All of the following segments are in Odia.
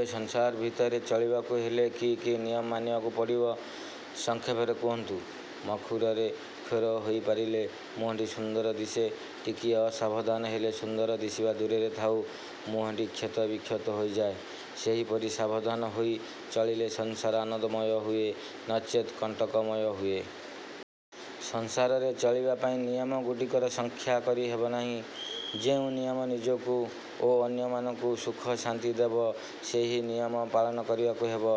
ୟ–ସଂସାର ଭିତରେ ଚଳିବାକୁ ହେଲେ କି କି ନିୟମ ମାନିବାକୁ ପଡ଼ିବ, ସଂକ୍ଷେପରେ କହନ୍ତୁ। ମ–କ୍ଷୁରରେ କ୍ଷୌର ହୋଇପାରିଲେ ମୁହଁଟି ସୁନ୍ଦର ଦିଶେ। ଟିକିଏ ଅସାବଧାନ ହେଲେ ସୁନ୍ଦର ଦିଶିବା ଦୂରେ ଥାଉ ମୁହଁଟି କ୍ଷତ ବିକ୍ଷତ ହୋଇଯାଏ। ସେହିପରି ସାବଧାନ ହୋଇ ଚଳିଲେ ସଂସାର ଆନନ୍ଦମୟ ହୁଏ, ନଚେତ୍ କଣ୍ଟକମୟ ହୁଏ। ସଂସାରରେ ଚଳିବା ପାଇଁ ନିୟମଗୁଡ଼ିକର ସଂଖ୍ୟା କରି ହେବ ନାହିଁ। ଯେଉଁ ନିୟମ ନିଜକୁ ଓ ଅନ୍ୟମାନଙ୍କୁ ସୁଖଶାନ୍ତି ଦେବ ସେହି ନିୟମ ପାଳନ କରିବାକୁ ହେବ।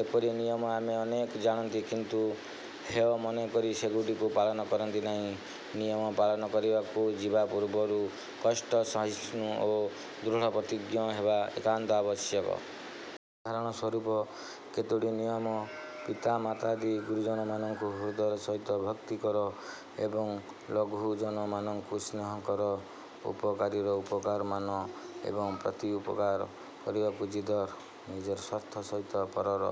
ଏପରି ନିୟମ ଆମେ ଅନେକ ଜାଣନ୍ତି କିନ୍ତୁ ହେୟ ମନେକରି ସେଗୁଡ଼ିକ ପାଳନ କରନ୍ତି ନାହିଁ। ନିୟମ ପାଳନ କରିବାକୁ ଯିବା ପୂର୍ବରୁ କଷ୍ଟ ସହିଷ୍ଣୁ ଓ ଦୃଢ଼ ପ୍ରତିଜ୍ଞ ହେବା ଏକାନ୍ତ ଆବଶ୍ୟକ। ଉଦାହରଣ ସ୍ୱରୂପ କେତୋଟି ନିୟମ– ପିତାମାତାଦି ଗୁରୁଜନମାନଙ୍କୁ ହୃଦୟର ସହିତ ଭକ୍ତି କର ଏବଂ ଲଘୁଜନମାନଙ୍କୁ ସ୍ନେହ କର। ଉପକାରୀର ଉପକାର ମାନ ଏବଂ ପ୍ରତ୍ୟୁପକାର କରିବାକୁ ଜିଦ୍ଧର। ନିଜର ସ୍ଵାର୍ଥ ସହିତ ପରର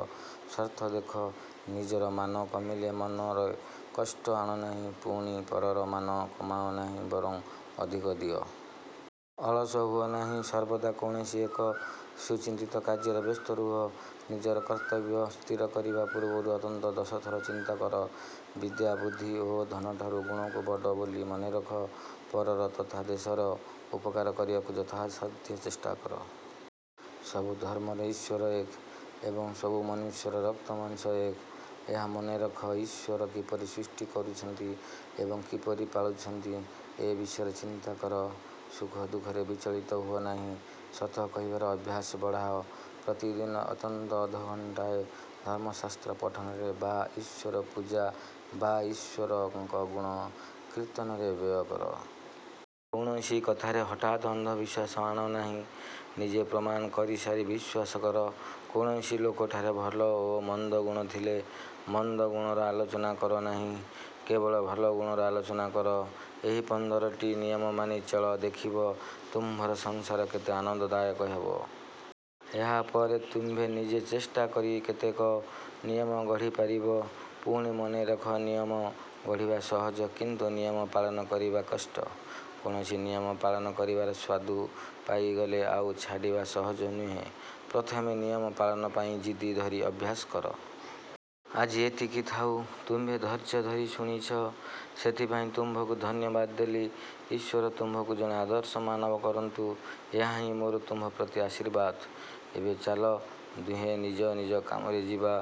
ସ୍ଵାର୍ଥ ଦେଖ। ନିଜର ମାନ କମିଲେ ମନରେ କଷ୍ଟ ଆଣ ନାହିଁ, ପୁଣି ପରର ମାନ କମାଅ ନାହିଁ ବରଂ ଅଧିକ ଦିଅ। ଅଳସ ହୁଅ ନାହିଁ, ସର୍ବଦା କୌଣସି ଏକ ସୁଚିନ୍ତିତ କାର୍ଯ୍ୟରେ ବ୍ୟସ୍ତ ରୁହ। ନିଜର କର୍ତ୍ତବ୍ୟ ସ୍ଥିର କରିବା ପୂର୍ବରୁ ଅନ୍ତତଃ ଦଶ ଥର ଚିନ୍ତା କର। ବିଦ୍ୟା, ବୁଦ୍ଧି ଓ ଧନଠାରୁ ଗୁଣକୁ ବଡ଼ ବୋଲି ମନେରଖ। ପରର ତଥା ଦେଶର ଉପକାର କରିବାକୁ ଯଥାସାଧ୍ୟ ଚେଷ୍ଟା କର। ସବୁ ଧର୍ମର ଈଶ୍ଵର ଏକ ଏବଂ ସବୁ ମନୁଷ୍ୟର ରକ୍ତ ମାଂସ ଏକ, ଏହା ମନେରଖ। ଈଶ୍ଵର କିପରି ସୃଷ୍ଟି କରୁଛନ୍ତି ଏବଂ କିପରି ପାଳୁଛନ୍ତି ଏ ବିଷୟ ଚିନ୍ତା କର। ସୁଖ ଦୁଃଖରେ ବିଚଳିତ ହୁଅ ନାହିଁ। ସତ କହିବାର ଅଭ୍ୟାସ ବଢ଼ାଅ ପ୍ରତିଦିନ ଅନ୍ତତଃ ଅଧଘଣ୍ଟାଏ ଧର୍ମଶାସ୍ତ୍ର ପଠନରେ ବା ଈଶ୍ଵର ପୂଜା ବା ଈଶ୍ଵରଙ୍କ ଗୁଣ କୀର୍ତ୍ତନରେ ବ୍ୟୟ କର। କୌଣସି କଥାରେ ହଠାତ୍ ଅନ୍ଧବିଶ୍ଵାସ ଆଣ ନାହିଁ-। ନିଜେ ପ୍ରମାଣ କରିସାରି ବିଶ୍ଵାସ କର। କୌଣସି ଲୋକଠାରେ ଭଲ ଓ ମନ୍ଦ ଗୁଣ ଥିଲେ, ମନ୍ଦ ଗୁଣର ଆଲୋଚନା କର ନାହିଁ, କେବଳ ଭଲ ଗୁଣର ଆଲୋଚନା କର। ଏହି ପନ୍ଦରଟି ନିୟମ ମାନି ଚଳ ଦେଖିବ, ତୁମ୍ଭର ସଂସାର କେତେ ଆନ୍ଦନଦାୟକ ହେବ। ଏହାପରେ ତୁମ୍ଭେ ନିଜେ ଚେଷ୍ଟା କରି କେତେକ ନିୟମ ଗଢ଼ିପାରିବ। ପୁଣି ମନେରଖ ନିୟମ ଗଢ଼ିବା ସହଜ କିନ୍ତୁ ନିୟମ ପାଳନ କରିବା କଷ୍ଟ। କୌଣସି ନିୟମ ପାଳନ କରିବାର ସ୍ଵାଦୁ ପାଇଗଲେ ଆଉ ଛାଡ଼ିବା ସହଜ ନୁହେଁ। ପ୍ରଥମେ ନିୟମ ପାଳନ ପାଇଁ ଜିଦ୍ ଧରି ଅଭ୍ୟାସ କର। ଆଜି ଏତିକି ଥାଉ। ତୁମ୍ଭେ ଧୈର୍ଯ୍ୟ ଧରି ଶୁଣିଛ ସେଥିପାଇଁ ତୁମ୍ଭଙ୍କୁ ଧନ୍ୟବାଦ ଦେଲି। ଈଶ୍ଵର ତୁମ୍ଭଙ୍କୁ ଜଣେ ଆଦର୍ଶ ମାନବ କରନ୍ତୁ। ଏହାହିଁ ମୋର ତୁମ୍ଭ ପ୍ରତି ଆଶୀର୍ବାଦ। ଏବେ ଚାଲ, ଦୁହେଁ ନିଜ ନିଜ କାମରେ ଯିବା।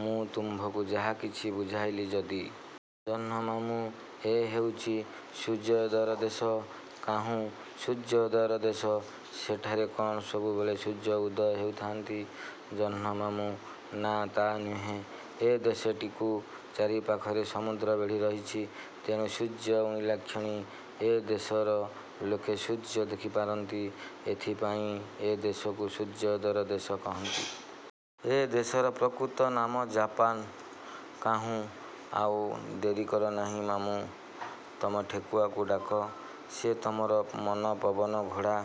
ମୁଁ ତୁମ୍ଭଙ୍କୁ ଯାହା କିଛି ବୁଝାଇଲି ଯଦି। ଜହ୍ନମାମୁଁ–ଏ ହେଉଛି "ସୂର୍ଯ୍ୟୋଦୟର ଦେଶ"। କାହ୍ନୁ–ସୂର୍ଯ୍ୟୋଦୟର ଦେଶ! ସେଠାରେ କ'ଣ ସବୁବେଳେ ସୂର୍ଯ୍ୟ ଉଦୟ ହେଉଥାନ୍ତି-? ଜହ୍ନମାମୁ–ନାଁ, ତା' ନୁହେଁ। ଏ ଦେଶଟିକୁ ଚାରିପାଖରେ ସମୁଦ୍ର ବେଢ଼ି ରହିଛି। ତେଣୁ ସୂର୍ଯ୍ୟ ଉଇଁଲାକ୍ଷଣି ଏ ଦେଶର ଲୋକେ ସୂର୍ଯ୍ୟ ଦେଖିପାରନ୍ତି। ଏଥିପାଇଁ ଏ ଦେଶକୁ "ସୂର୍ଯ୍ୟୋଦୟର ଦେଶ" କହନ୍ତି। ଏ ଦେଶର ପ୍ରକୃତ ନାମ ଜାପାନ। କାହ୍ନୁ–ଆଉ ଡେରିକର ନାହିଁ ମାମୁଁ! ତମ ଠେକୁଆକୁ ଡାକ। ସେ ତମର ମନପବନ ଘୋଡ଼ା।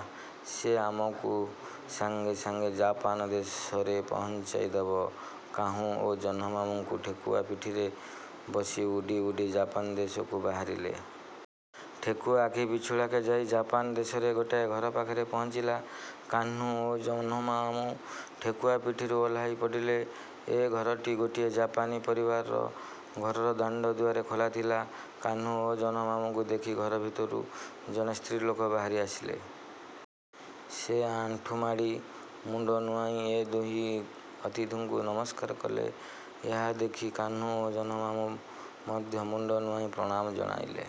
ସେ ଆମକୁ ସାଙ୍ଗେ ସାଙ୍ଗେ ଜାପାନ ଦେଶରେ ପହଞ୍ଚାଇ ଦେବ। କାହ୍ନୁ ଓ ଜହ୍ନମାମୁଁଙ୍କୁ ଠେକୁଆ ପିଠିରେ ବସି ଉଡ଼ି ଉଡ଼ି ଜାପାନ ଦେଶକୁ ବାହାରିଲେ। ଠେକୁଆ ଆଖି ପିଛୁଳାକେ ଯାଇ ଜାପାନ ଦେଶରେ ଗୋଟାଏ ଘର ପାଖରେ ପହଞ୍ଚିଲା-। କାହ୍ନୁ ଓ ଜହ୍ନମାମୁଁ ଠେକୁଆ ପିଠିରୁ ଓହ୍ଲାଇ ପଡ଼ିଲେ। ଏ ଘରଟି ଗୋଟିଏ ଜାପାନୀ ପରିବାରର-। ଘରର ଦାଣ୍ଡଦୁଆର ଖୋଲା ଥିଲା। କାହ୍ନୁ ଓ ଜହ୍ନମାମୁଁଙ୍କୁ ଦେଖି ଘର ଭିତରୁ ଜଣେ ସ୍ତ୍ରୀଲୋକ ବାହାରି ଆସିଲେ। ସେ ଆଣ୍ଠୁମାଡ଼ି, ମୁଣ୍ଡ ନୁଆଇଁ ଏ ଦୁଇ ଅତିଥିଙ୍କୁ ନମସ୍କାର କଲେ। ଏହା ଦେଖି କାହ୍ନୁ ଓ ଜହ୍ନମାମୁଁ ମଧ୍ୟ ମୁଣ୍ଡ ନୁଆଇଁ ପ୍ରଣାମ ଜଣାଇଲେ।